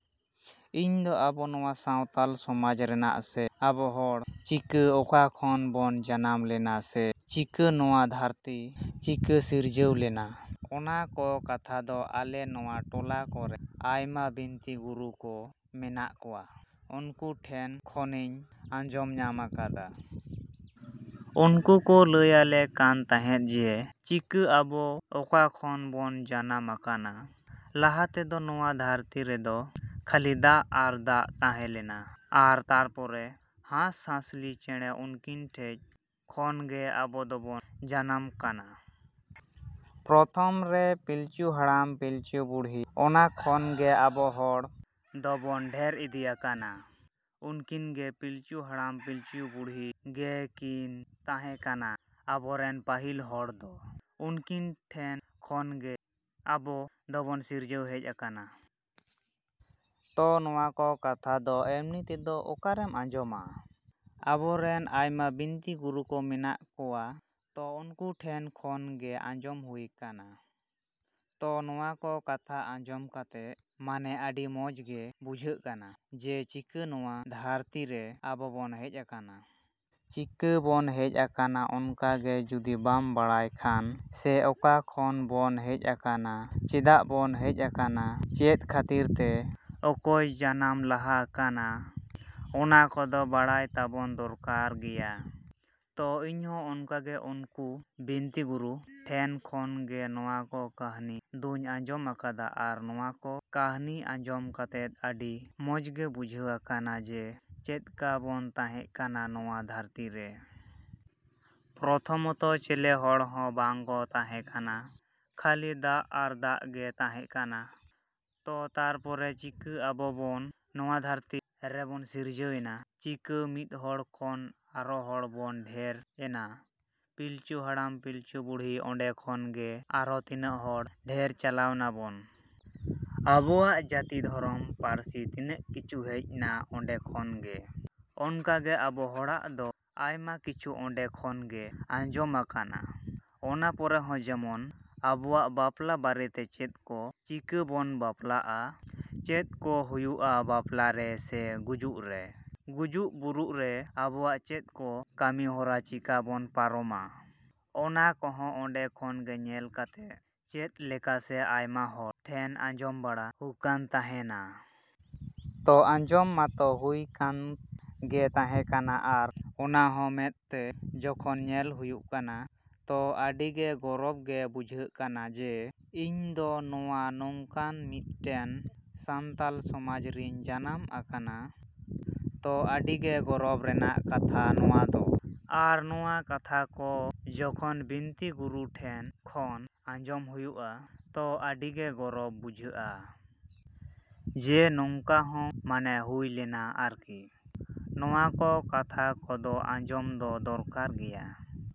ᱤᱧᱫᱚ ᱟᱵᱚ ᱱᱚᱣᱟ ᱥᱟᱶᱛᱟᱞ ᱥᱚᱢᱟᱡᱽ ᱨᱮᱱᱟᱜ ᱥᱮ ᱟᱵᱚ ᱦᱚᱲ ᱪᱤᱠᱟᱹ ᱚᱠᱟ ᱠᱷᱚᱡ ᱵᱚᱱ ᱡᱟᱱᱟᱢ ᱞᱮᱱᱟ ᱥᱮ ᱪᱤᱠᱟᱹ ᱱᱚᱣᱟ ᱫᱷᱟᱹᱨᱛᱤ ᱪᱤᱠᱟᱹ ᱥᱤᱨᱡᱟᱹᱣ ᱞᱮᱱᱟ, ᱚᱱᱟ ᱠᱚ ᱠᱟᱛᱷᱟ ᱫᱚ ᱟᱞᱮ ᱱᱚᱣᱟ ᱴᱚᱞᱟ ᱠᱚᱨᱮ ᱟᱭᱢᱟ ᱵᱤᱱᱛᱤ ᱜᱩᱨᱩ ᱠᱚ ᱢᱮᱱᱟᱜ ᱠᱚᱣᱟ, ᱩᱱᱠᱩ ᱴᱷᱮᱡ ᱠᱷᱚᱱᱜᱤᱧ ᱟᱸᱡᱚᱢ ᱧᱟᱢ ᱟᱠᱟᱫᱟ᱾ ᱩᱱᱠᱩ ᱠᱚ ᱞᱟᱹᱭᱟᱞᱮ ᱠᱟᱱ ᱛᱟᱦᱮᱸᱜ ᱡᱮ ᱪᱤᱠᱟᱹ ᱟᱵᱚ ᱚᱠᱟ ᱠᱷᱚᱡ ᱵᱚᱱ ᱡᱚᱱᱚᱢ ᱟᱠᱟᱱᱟ᱾ ᱞᱟᱦᱟ ᱛᱮᱫᱚ ᱱᱚᱣᱟ ᱫᱷᱟᱹᱨᱛᱤ ᱨᱮᱫᱚ ᱠᱷᱟᱹᱞᱤ ᱫᱟᱜ ᱟᱨ ᱫᱟᱜ ᱛᱟᱦᱮᱸ ᱞᱮᱱᱟ ᱟᱨ ᱛᱟᱨᱯᱚᱨᱮ ᱦᱟᱸᱥ-ᱦᱟᱸᱥᱞᱤ ᱪᱮᱸᱬᱮ ᱩᱱᱠᱤᱱ ᱴᱷᱮᱡ ᱠᱷᱚᱱ ᱜᱮ ᱟᱵᱚ ᱫᱚᱵᱚᱱ ᱡᱟᱱᱟᱢ ᱠᱟᱱᱟ᱾ ᱯᱨᱚᱛᱷᱚᱢ ᱨᱮ ᱯᱤᱞᱪᱩ ᱦᱟᱲᱟᱢ-ᱯᱤᱞᱪᱩ ᱵᱩᱰᱷᱤ ᱚᱱᱟ ᱠᱷᱚᱱᱜᱮ ᱟᱵᱚ ᱦᱚᱲ ᱫᱚᱵᱚᱱ ᱰᱷᱮᱨ ᱤᱫᱤ ᱟᱠᱟᱱᱟ᱾ ᱩᱱᱠᱤᱱᱜᱮ ᱯᱤᱞᱪᱩ ᱦᱟᱲᱟᱢ ᱯᱤᱞᱪᱩ ᱵᱩᱰᱷᱤ ᱜᱮ ᱠᱤᱱ ᱛᱟᱦᱮᱸ ᱠᱟᱱᱟ ᱟᱵᱚᱨᱮᱱ ᱯᱟᱹᱦᱤᱞ ᱦᱚᱲ ᱫᱚ᱾ ᱩᱱᱠᱤᱱ ᱴᱷᱮᱱ ᱠᱷᱚᱡᱜᱮ ᱟᱵᱚ ᱫᱚᱵᱚᱱ ᱥᱤᱨᱡᱟᱹᱣ ᱦᱮᱡ ᱠᱟᱱᱟ᱾ ᱛᱚ ᱱᱚᱣᱟ ᱠᱚ ᱠᱟᱛᱷᱟ ᱫᱚ ᱮᱢᱱᱤ ᱛᱮᱫᱚ ᱚᱠᱟᱨᱮᱢ ᱟᱸᱡᱚᱢᱟ? ᱟᱵᱚᱨᱮᱱ ᱟᱭᱢᱟ ᱵᱤᱱᱛᱤ ᱜᱩᱨᱩ ᱠᱚ ᱢᱮᱱᱟᱜ ᱠᱚᱣᱟ, ᱛᱚ ᱩᱱᱠᱩ ᱴᱷᱮᱡ ᱠᱷᱚᱱᱜᱮ ᱟᱸᱡᱚᱢ ᱦᱩᱭ ᱠᱟᱱᱟ᱾ ᱛᱚ ᱱᱚᱣᱟ ᱠᱚ ᱠᱟᱛᱷᱟ ᱟᱸᱡᱚᱢ ᱠᱟᱛᱮᱫ ᱢᱟᱱᱮ ᱟᱹᱰᱤ ᱢᱚᱡᱽ ᱜᱮ ᱵᱩᱡᱷᱟᱹᱜ ᱠᱟᱱᱟ ᱡᱮ ᱪᱤᱠᱟᱹ ᱱᱚᱣᱟ ᱫᱷᱟᱹᱨᱛᱤᱨᱮ ᱟᱵᱚᱵᱚᱱ ᱦᱮᱡ ᱟᱠᱟᱱᱟ᱾ ᱪᱤᱠᱟᱹᱵᱚᱱ ᱦᱮᱡ ᱟᱠᱟᱱᱟ ᱚᱱᱟᱜᱮ ᱡᱩᱫᱤ ᱵᱟᱢ ᱵᱟᱲᱟᱭ ᱠᱷᱟᱱ ᱥᱮ ᱚᱠᱟ ᱠᱷᱚᱱ ᱵᱚᱱ ᱦᱮᱡ ᱟᱠᱟᱱᱟ, ᱪᱮᱫᱟᱜ ᱵᱚᱱ ᱦᱮᱡ ᱟᱠᱟᱱᱟ, ᱪᱮᱫ ᱠᱷᱟᱹᱛᱤᱨ ᱛᱮ, ᱚᱠᱚᱭ ᱡᱟᱱᱟᱢ ᱞᱟᱦᱟ ᱟᱠᱟᱱᱟ, ᱚᱱᱟ ᱠᱚᱫᱚ ᱵᱟᱲᱟᱭ ᱛᱟᱵᱚᱱ ᱫᱚᱨᱠᱟᱨ ᱜᱮᱭᱟ᱾ ᱛᱚ ᱤᱧᱦᱚᱸ ᱚᱱᱠᱟᱜᱮ ᱱᱩᱠᱩ ᱵᱤᱱᱛᱤ ᱜᱩᱨᱩ ᱴᱷᱮᱱ ᱠᱷᱚᱡ ᱜᱮ ᱱᱚᱣᱟ ᱠᱚ ᱠᱟᱹᱦᱱᱤ ᱫᱚᱧ ᱟᱸᱡᱚᱢ ᱟᱠᱟᱫᱟ ᱟᱨ ᱱᱚᱣᱟ ᱠᱚ ᱠᱟᱹᱦᱱᱤ ᱟᱸᱡᱚᱢ ᱠᱟᱛᱮᱫ ᱟᱹᱰᱤ ᱢᱚᱡᱽᱜᱮ ᱵᱩᱡᱷᱟᱹᱣ ᱟᱠᱟᱱᱟ ᱡᱮ ᱪᱮᱫᱠᱟᱵᱚᱱ ᱛᱟᱦᱮᱸ ᱠᱟᱱᱟ ᱱᱚᱣᱟ ᱫᱷᱟᱹᱨᱛᱤᱨᱮ᱾ ᱯᱨᱚᱛᱷᱚᱢ ᱪᱮᱞᱮ ᱦᱚᱲᱦᱚᱸ ᱵᱟᱝᱠᱚ ᱛᱟᱦᱮᱸ ᱠᱟᱱᱟ, ᱠᱷᱟᱹᱞᱤ ᱫᱟᱜ ᱟᱨ ᱫᱟᱜ ᱜᱮ ᱛᱟᱦᱮᱸ ᱠᱟᱱᱟ᱾ ᱛᱚ ᱛᱟᱨᱯᱚᱨᱮ ᱪᱤᱠᱟ ᱟᱵᱚᱵᱚᱱ ᱱᱚᱣᱟ ᱫᱷᱟᱹᱨᱛᱤ ᱨᱮᱵᱚᱱ ᱥᱤᱨᱡᱟᱹᱣ ᱮᱱᱟ, ᱪᱤᱠᱟᱹ ᱢᱤᱫᱦᱚᱲ ᱠᱷᱚᱱ ᱟᱨᱚ ᱦᱚᱲᱵᱚᱱ ᱰᱷᱮᱨ ᱮᱱᱟ᱾ ᱯᱤᱞᱪᱩ ᱦᱟᱲᱟᱢ ᱯᱤᱞᱪᱩ ᱵᱩᱰᱷᱤ ᱚᱸᱰᱮ ᱠᱷᱚᱱᱜᱮ ᱟᱨᱚ ᱛᱤᱱᱟᱹᱜ ᱦᱚᱲ ᱰᱷᱮᱨ ᱪᱟᱞᱟᱣ ᱱᱟᱵᱚᱱ᱾ ᱟᱵᱚᱣᱟᱜ ᱡᱟᱹᱛᱤ ᱫᱷᱚᱨᱢᱚ ᱯᱟᱹᱨᱥᱤ ᱛᱤᱱᱟᱹᱜ ᱠᱤᱪᱷᱩ ᱦᱮᱡᱱᱟ ᱚᱸᱰᱮ ᱠᱷᱚᱱᱜᱮ᱾ ᱚᱱᱠᱟᱜᱮ ᱟᱵᱚ ᱦᱚᱲᱟᱜ ᱫᱚ ᱟᱭᱢᱟ ᱠᱤᱪᱷᱩ ᱚᱸᱰᱮ ᱠᱷᱚᱱᱜᱮ ᱟᱸᱡᱚᱢ ᱟᱠᱟᱱᱟ᱾ ᱚᱱᱟ ᱯᱚᱨᱮ ᱦᱚᱸ ᱡᱮᱢᱚᱱ ᱟᱵᱚᱣᱟᱜ ᱵᱟᱯᱞᱟ ᱵᱟᱨᱮᱛᱮ ᱪᱮᱫ ᱠᱚ ᱪᱤᱠᱟᱹ ᱵᱚᱱ ᱵᱟᱯᱞᱟᱜᱼᱟ, ᱪᱮᱫ ᱠᱚ ᱦᱩᱭᱩᱜᱼᱟ ᱵᱟᱯᱞᱟᱨᱮ ᱥᱮ ᱜᱩᱡᱚᱜ ᱨᱮ, ᱜᱩᱡᱚᱜ ᱵᱩᱨᱩᱨᱮ ᱟᱵᱚᱣᱟᱜ ᱪᱮᱫ ᱠᱚ ᱠᱟᱹᱢᱤᱦᱚᱨᱟ ᱪᱮᱫᱠᱟᱵᱚᱱ ᱯᱟᱨᱚᱢᱟ, ᱚᱱᱟ ᱠᱚᱦᱚᱸ ᱚᱸᱰᱮ ᱠᱷᱚᱱᱜᱮ ᱧᱮᱞ ᱠᱟᱛᱮᱫ ᱪᱮᱫ ᱞᱮᱠᱟᱱᱟ ᱥᱮ ᱟᱭᱢᱟ ᱦᱚᱲ ᱴᱷᱮᱱ ᱱᱚᱝᱠᱟ ᱟᱸᱡᱚᱢ ᱵᱟᱲᱟ ᱦᱩᱠᱟᱱ ᱛᱟᱦᱮᱱᱟ᱾ ᱛᱚ ᱟᱸᱡᱚᱢ ᱢᱟᱛᱚ ᱦᱩᱭ ᱠᱟᱱ ᱜᱮ ᱛᱟᱦᱮᱸ ᱠᱟᱱᱟ ᱟᱨ ᱚᱱᱟᱦᱚᱸ ᱢᱮᱸᱫ ᱛᱮ ᱡᱚᱠᱷᱚᱱ ᱧᱮᱞ ᱦᱩᱭᱩᱜ ᱠᱟᱱᱟ, ᱛᱚ ᱟᱹᱰᱤᱜᱮ ᱜᱚᱨᱚᱵᱽ ᱜᱮ ᱵᱩᱡᱷᱟᱹᱜ ᱠᱟᱱᱟ ᱡᱮ ᱤᱧᱫᱚ ᱱᱚᱣᱟ ᱱᱚᱝᱠᱟᱱ ᱢᱤᱫᱴᱮᱱ ᱥᱟᱱᱛᱟᱞ ᱥᱚᱢᱟᱡᱽ ᱨᱤᱧ ᱡᱟᱱᱟᱢ ᱟᱠᱟᱱᱟ᱾ ᱛᱚ ᱟᱹᱰᱤᱜᱮ ᱜᱚᱨᱚᱵᱽ ᱨᱮᱱᱟᱜ ᱠᱟᱛᱷᱟ ᱱᱚᱣᱟ ᱫᱚ ᱟᱨ ᱱᱚᱣᱟ ᱠᱟᱛᱷᱟ ᱠᱚ ᱡᱚᱠᱷᱚᱱ ᱵᱤᱱᱛᱤ ᱜᱩᱨᱩ ᱴᱷᱮᱱ ᱠᱷᱚᱱ ᱟᱸᱡᱚᱢ ᱦᱩᱭᱩᱜᱼᱟ, ᱛᱚ ᱟᱹᱰᱤᱜᱮ ᱜᱚᱨᱚᱵᱽ ᱵᱩᱡᱷᱟᱹᱜᱼᱟ᱾ ᱡᱮ ᱦᱮᱸ ᱱᱚᱝᱠᱟᱦᱚᱸ ᱢᱟᱱᱮ ᱦᱩᱭ ᱞᱮᱱᱟ ᱟᱨᱠᱤ᱾ ᱱᱚᱣᱟ ᱠᱚ ᱠᱟᱛᱷᱟ ᱠᱚᱫᱚ ᱟᱸᱡᱚᱢ ᱫᱚ ᱫᱚᱨᱠᱟᱨ ᱜᱮᱭᱟ᱾